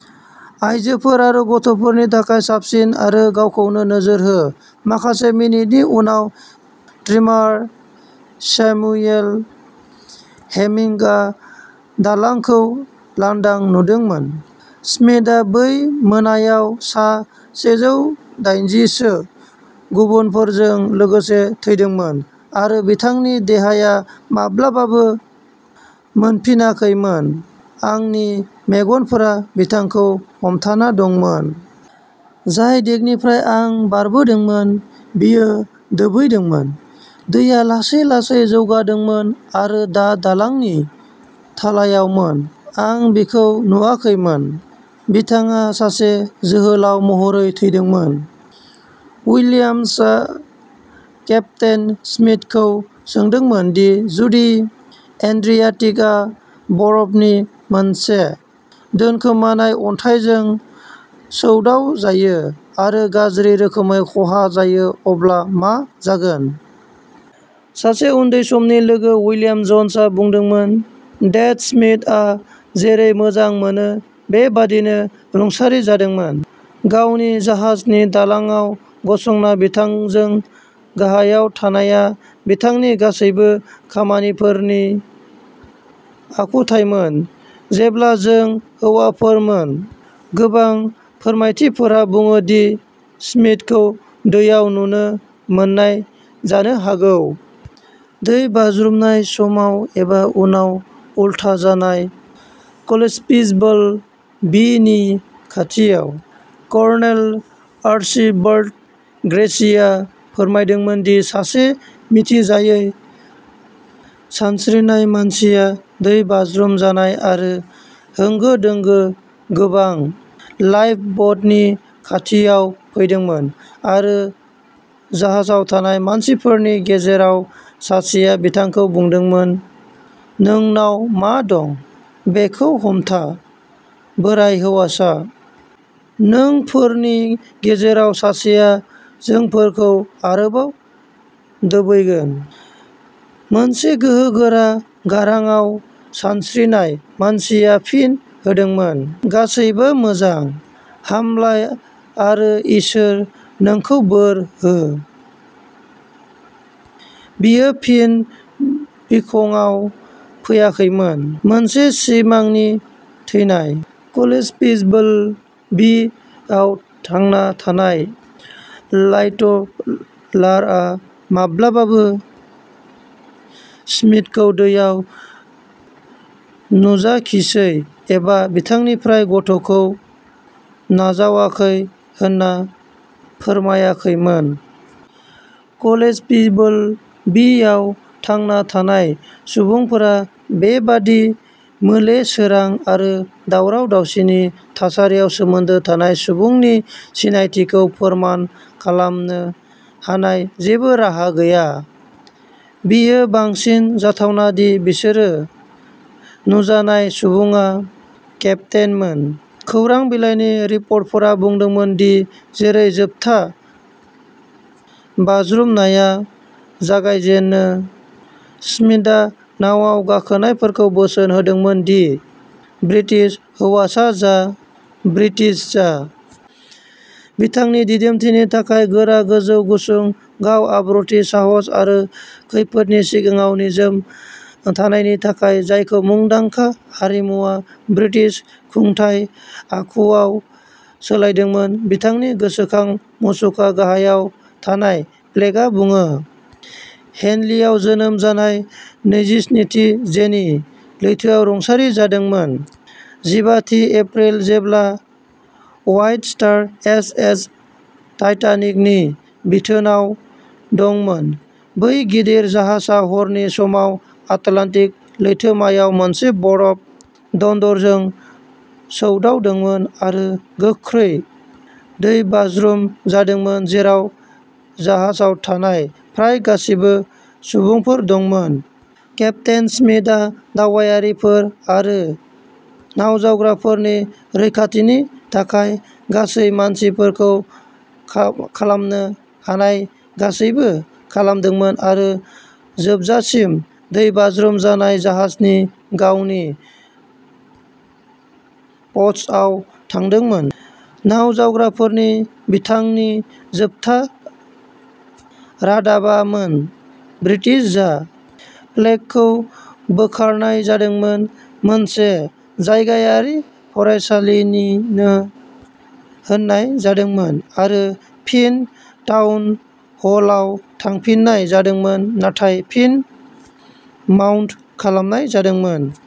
आयजोफोर आरो गथ'फोरनि थाखाय साबसिन, आरो गावखौनो नोजोर हो। माखासे मिनिटनि उनाव ट्रिमार स्यामुएल हेमिंगआ दालांखौ लांदां नुदोंमोन। स्मिथआ बै मोनायाव सा सेजौ डायनजि सो गुबुनफोरजों लोगोसे थैदोंमोन, आरो बिथांनि देहाया माब्लाबाबो मोनफिनाखैमोन। आंनि मेगनफोरा बिथांखौ हमथाना दंमोन। जाय देकनिफ्राय आं बारदोंमोन बेयो दोबैदोंमोन। दैया लासै-लासै जौगादोंमोन, आरो दा दालांनि थालायावमोन। आं बिखौ नुवाखैमोन। बिथाङा सासे जोहोलाव महरै थैदोंमोन। विलियम्सआ केप्टेन स्मिथखौ सोंदोंमोन दि जुदि एड्रियाटिकआ बरफनि मोनसे दोनखोमानाय अन्थाइजों सौदावजायो आरो गाज्रि रोखोमै खहा जायो अब्ला मा जागोन। सासे उन्दै समनि लोगो, विलियम जन्सआ बुंदोंमोन, "टेड स्मिथआ जेरै मोजां मोनो बे बादिनो रुंसारि जादोंमोन। गावनि जाहाजनि दालांआव गसंना बिथांजों गाहायाव थांनाया बिथांनि गासैबो खामानिफोरनि आखुथायमोन जेब्ला जों हौवाफोरमोन। गोबां फोरमायथिफोरा बुङो दि स्मिथखौ दैयाव नुनो मोननाय जानो हागौ। दै बाज्रुमनाय समाव एबा उनाव उलथा जानाय क'लेप्सिबल बि नि खाथियाव। कर्नेल आर्चिबाल्ड ग्रेसिआ फोरमायदोंमोन दि सासे मिथिजायै सानस्रिनाय मानसिया दै बाज्रुम जानाय आरो होंगो-दोंगो गोनां लाइफब'टनि खाथियाव फैदोंमोन, आरो जाहाजाव थानाय मानसिफोरनि गेजेराव सासेया बिथांखौ बुंदोंमोन "नोंनाव मा दं बेखौ हमथा, बोराय हौवासा। नोंफोरनि गेजेराव सासेआ जोंफोरखौ आरोबाव दोबैगोन", मोनसे गोहोगोरा गारांआव, सानस्रिनाय मानसिया फिन होदोंमोन "गासैबो मोजां। हामलाय आरो इसोर नोंखौ बोर हो। बियो फिन बिखंआव फैयाखैमोन। मोनसे सिमांनि थैनाय। क'लेप्सिबल बि आव थांना थानाय लाइट'लारआ माब्लाबाबो स्मिथखौ दैयाव नुजाखिसै एबा बिथांनिफ्राय गथ'खौ नाजावाखै होनना फोरमायाखैमोन। क'लेप्सिबल बि आव थांना थानाय सुबुंफोरा बेबादि मोले सोरां आरो दावराव-दावसिनि थासारियाव सोमोन्दो थानाय सुबुंनि सिनायथिखौ फोरमान खालामनो हानाय जेबो राहा गैया। बेयो बांसिन जाथावना दि बिसोर नुजानाय सुबुङा केप्टेनमोन। खौरां बिलाइनि रिपर्टफोरा बुंदोंमोन दि जेरै जोबथा बाज्रुमनाया जागायजेनो, स्मिथआ नावाव गाखोनायफोरखौ बोसोन होदोंमोन दि "ब्रिटिश हौवासा जा, ब्रिटिश जा! बिथांनि दिदोमथिनि थाखाय-" गोरा गोजौ गुसुं "गाव-आब्रुथि, साहस आरो खैफोदनि सिगाङाव निजोम थानायनि थाखाय, जायखौ मुंदांखा हारिमुआ ब्रिटिश आखुथाय आखुआव सोलायदोंमोन, बिथांनि गोसोखां मुसुखा गाहायाव थानाय प्लेकआ बुङो;. हेनलिआव जोनोम जानाय, नैजि स्नि थि जेनी, लैथोआव रुंसारि जादोंमोन, जिबाथि एप्रिल जेब्ला व्हाइट स्टार एसएस टाइटानिकनि बिथोनआव दंमोन बै गिदिर जाहाजआ हरनि समाव आटलान्टिक लैथोमायाव मोनसे बरफ दन्दरजों सौदावदोंमोन आरो गोख्रै दैबाज्रुम जादोंमोन जेराव जाहाजाव थानाय फ्राय गासैबो सुबुंफोर दंमोन। केप्तेन स्मिथआ दावबायारिफोर आरो नावजावग्राफोरनि रैखाथिनि थाखाय गासै मानसिफोरखौ खा-खालामनो हानाय गासैबो खालामदोंमोन आरो जोबजासिम दैबाज्रुम जानाय जाहाजनि गावनि पस्टआव थादोंमोन। नावजावग्राफोरनो बिथांनि जोबथा रादाबामोन" ब्रिटिश जा। प्लेकखौ बोखारनाय जादोंमोन, मोनसे जायगायारि फरायसालिनो होनाय जादोंमोन आरो फिन टाउन हलआव थांफिननाय जादोंमोन नाथाय फिन माउन्ट खालामनाय जादोंमोन।